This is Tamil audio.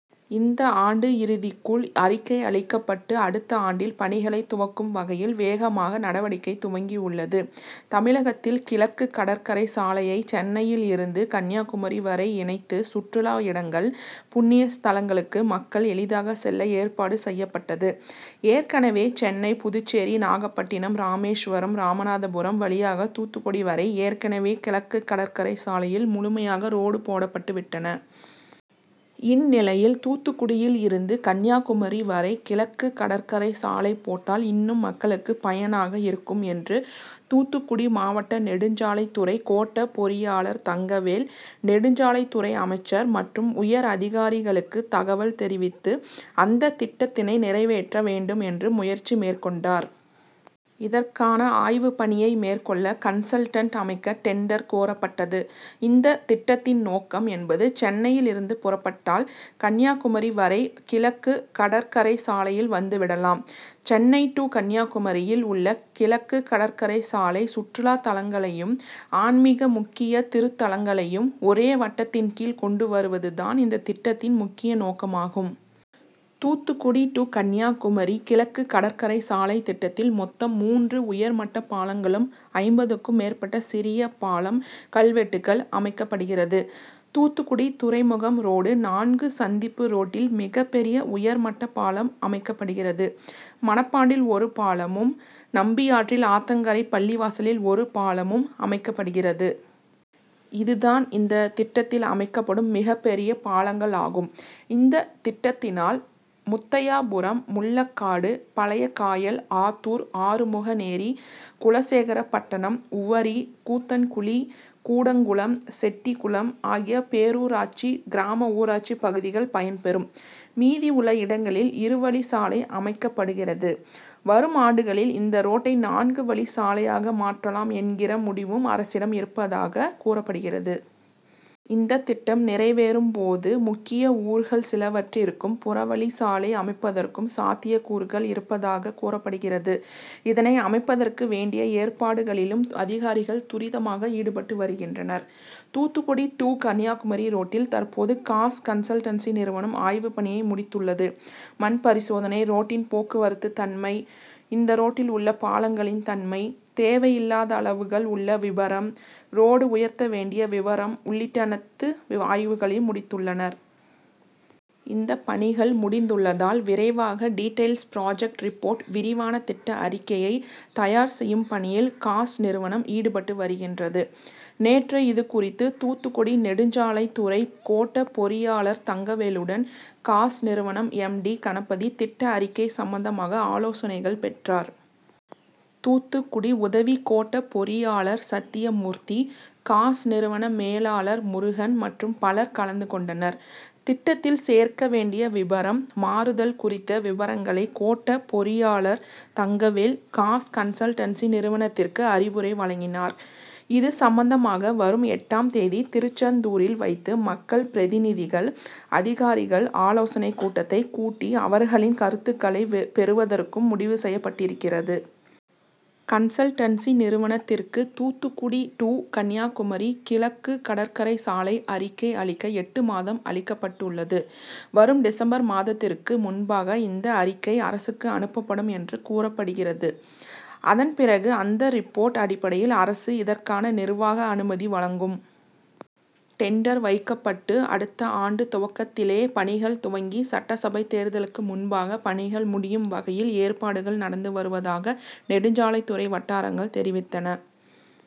இந்த ஆண்டு இறுதிக்குள் அறிக்கை அளிக்கப்பட்டு அடுத்த ஆண்டில் பணிகளை துவக்கும் வகையில் வேகமான நடவடிக்கை துவங்கியுள்ளது. தமிழகத்தில் கிழக்கு கடற்கரை சாலையை சென்னையில் இருந்து கன்னியாகுமரி வரை இணைத்து சுற்றுலா இடங்கள், புண்ணிய ஸ்தலங்களுக்கு மக்கள் எளிதாக செல்ல ஏற்பாடு செய்யப்பட்டது. ஏற்கனவே சென்னை, புதுச்சேரி, நாகப்பட்டினம், ராமேஸ்வரம், ராமநாதபுரம் வழியாக தூத்துக்குடி வரை ஏற்கனவே கிழக்கு கடற்கரை சாலையில் முழுமையாக ரோடு போடப்பட்டு விட்டன. இந் நிலையில் தூத்துக்குடியில் இருந்து கன்னியாகுமரி வரை கிழக்குகடற்கரை சாலை போட்டால் இன்னும் மக்களுக்கு பயனாக இருக்கும் என்று தூத்துக்குடி மாவட்ட நெடுஞ்சாலைத்துறை கோட்ட பொறியாளர் தங்கவேல், நெடுஞ்சாலைத்துறை அமைச்சர் மற்றும் உயர் அதிகாரிகளுக்கு தகவல் தெரிவித்து, அந்த திட்டத்தினை நிறைவேற்ற வேண்டும் என்று முயற்சி மேற்கொண்டார். இதற்கான ஆய்வுப் பணியை மேற்கொள்ள கன்சல்டன்ட் அமைக்க டெண்டர் கோரப்பட்டது. இந்த திட்டத்தின் நோக்கம் என்பது சென்னையில் இருந்து புறப்பட்டால் கன்னியாகுமரி வரை கிழக்கு கடற்கரை சாலையில் வந்து விடலாம். சென்னை டூ கன்னியாகுமரியில் உள்ள கிழக்கு கடற்கரை சாலை சுற்றுலா தலங்களையும், ஆன்மிக முக்கிய திருத்தலங்களையும் ஒரே வட்டத்தின் கீழ் கொண்டுவருவது தான் இந்த திட்டத்தின் முக்கிய நோக்கமாகும். தூத்துக்குடி டூ கன்னியாகுமரி கிழக்கு கடற்கரை சாலை திட்டத்தில் மொத்தம் மூன்று உயர்மட்ட பாலங்களும், ஐம்பதுக்கும் மேற்பட்ட சிறிய பாலம், கல்வெட்டுகள் அமைக்கப்படுகிறது. தூத்துக்குடி துறைமுகம் ரோடு நான்கு சந்திப்பு ரோட்டில் மிகப் பெரிய உயர்மட்ட பாலம் அமைக்கப்படுகிறது. மணப்பாண்டில் ஒரு பாலமும், நம்பியாற்றில், ஆத்தங்கரை பள்ளிவாசலில் ஒரு பாலமும் அமைக்கப்படுகிறது. இது தான் இந்த திட்டத்தில் அமைக்கப்படும் மிகப் பெரிய பாலங்களாகும். இந்த திட்டத்தினால் முத்தையாபுரம், முள்ளக்காடு, பழையகாயல், ஆத்தூர், ஆறுமுகநேரி, குலசேகரப்பட்டணம், உவரி, கூத்தன்குளி, கூடங்குளம், செட்டிகுளம் ஆகிய பேரூராட்சி, கிராம ஊராட்சி பகுதிகள் பயன் பெறும். மீதியுள்ள இடங்களில் இருவழிச்சாலை அமைக்கப்படுகிறது. வரும் ஆண்டுகளில் இந்த ரோட்டை நான்கு வழிச்சாலையாக மாற்றலாம் என்கிற முடிவும் அரசிடம் இருப்பதாக கூறப்படுகிறது. இந்த திட்டம் நிறைவேறும் போது முக்கிய ஊர்கள் சிலவற்றிற்கு புறவழிச்சாலை அமைப்பதற்கும் சாத்தியக்கூறுகள் இருப்பதாக கூறப்படுகிறது. இதனை அமைப்பதற்கு வேண்டிய ஏற்பாடுகளிலும் அதிகாரிகள் துரிதமாக ஈடுபட்டு வருகின்றனர். தூத்துக்குடி டூ கன்னியாகுமரி ரோட்டில் தற்போது காஸ் கன்சல்டன்சி நிறுவனம் ஆய்வு பணியை முடித்துள்ளது. மண்பரிசோதனை, ரோட்டின் போக்குவரத்து தன்மை, இந்த ரோட்டில் உள்ள பாலங்களின் தன்மை, தேவையில்லாத ளவுகள் உள்ள விபரம், ரோடு உயர்த்த வேண்டிய விபரம் உள்ளிட்ட னத்து ஆய்வுகளையும் முடி த் துள்ளனர். இந்த பணிகள் முடிந்துள்ளதால் விரைவாக டீடெய்ல்ஸ் புராஜெக்ட் ரிப்போர்ட் விரிவான திட்ட அறிக்கையை தயார் செய்யும் பணியில் காஸ் நிறுவனம் ஈடுபட்டு வருகின்றது. நேற்று இது குறித்து தூத்துக்குடி நெடுஞ்சாலைத்துறை கோட்ட பொறியாளர் தங்கவேலுடன் காஸ் நிறுவன எம். டி கணபதி திட்ட அறிக்கை சம்பந்தமாக ஆலோசனைகள் பெற்றார். தூத்துக்குடி உத வி கோட்ட பொறியாளர் சத்தியமூர்த்தி, காஸ் நிறுவன மேலாளர் முருகன் மற்றும் பலர் கலந்து கொண்டனர். திட்டத்தில் சேர்க்க வேண்டிய விபரம், மாறுதல் குறி த்த விபரங்களை கோட்ட பொறியாளர் தங்கவேல் காஸ் கன்சல்டன்சி நிறுவனத்திற்கு அறிவுரை வழங்கினார். இது சம்பந்தமாக வரும் எட்டாம் தேதி திருச்செந்தூரில் வைத்து மக்கள் பிரதிநிதிகள், அதிகாரிகள் ஆலோசனைக் கூட்டத்தை கூட்டி அவர்களின் கருத்துக்களை பெறுவதற்கும் முடிவு செய்யப்பட்டிருக்கிறது. கன்சல்டன்சி நிறுவனத்திற்கு தூத்துக்குடி டூ கன்னியாகுமரி கிழக்கு கடற்கரை சாலை அறிக்கை அளிக்க எட்டு மாதம் அளிக்கப்பட்டுள்ளது. வரும் டிசம்பர் மாதத்திற்கு முன்பாக இந்த அறி க்கை அரசுக்கு அனுப்பப்படும் என்று கூறப்படுகிறது. அத ன் பிறகு அந்த ரிப்போர்ட் அடிப்படையில் அரசு இதற்கான நிர்வாக அனுமதி வழங்கும். டெண்டர் வைக்கப்பட்டு அடுத்த ஆண்டு துவக்கத்திலே பணிகள் துவ ங்கி சட்டசபை தேர்தலுக்கு முன்பாக பணிகள் முடியும் வகையில் ஏற்பாடுகள் நடந் து வருவதாக நெடுஞ்சாலை த்துறை வட்டாரங்கள் தெரிவித்தன.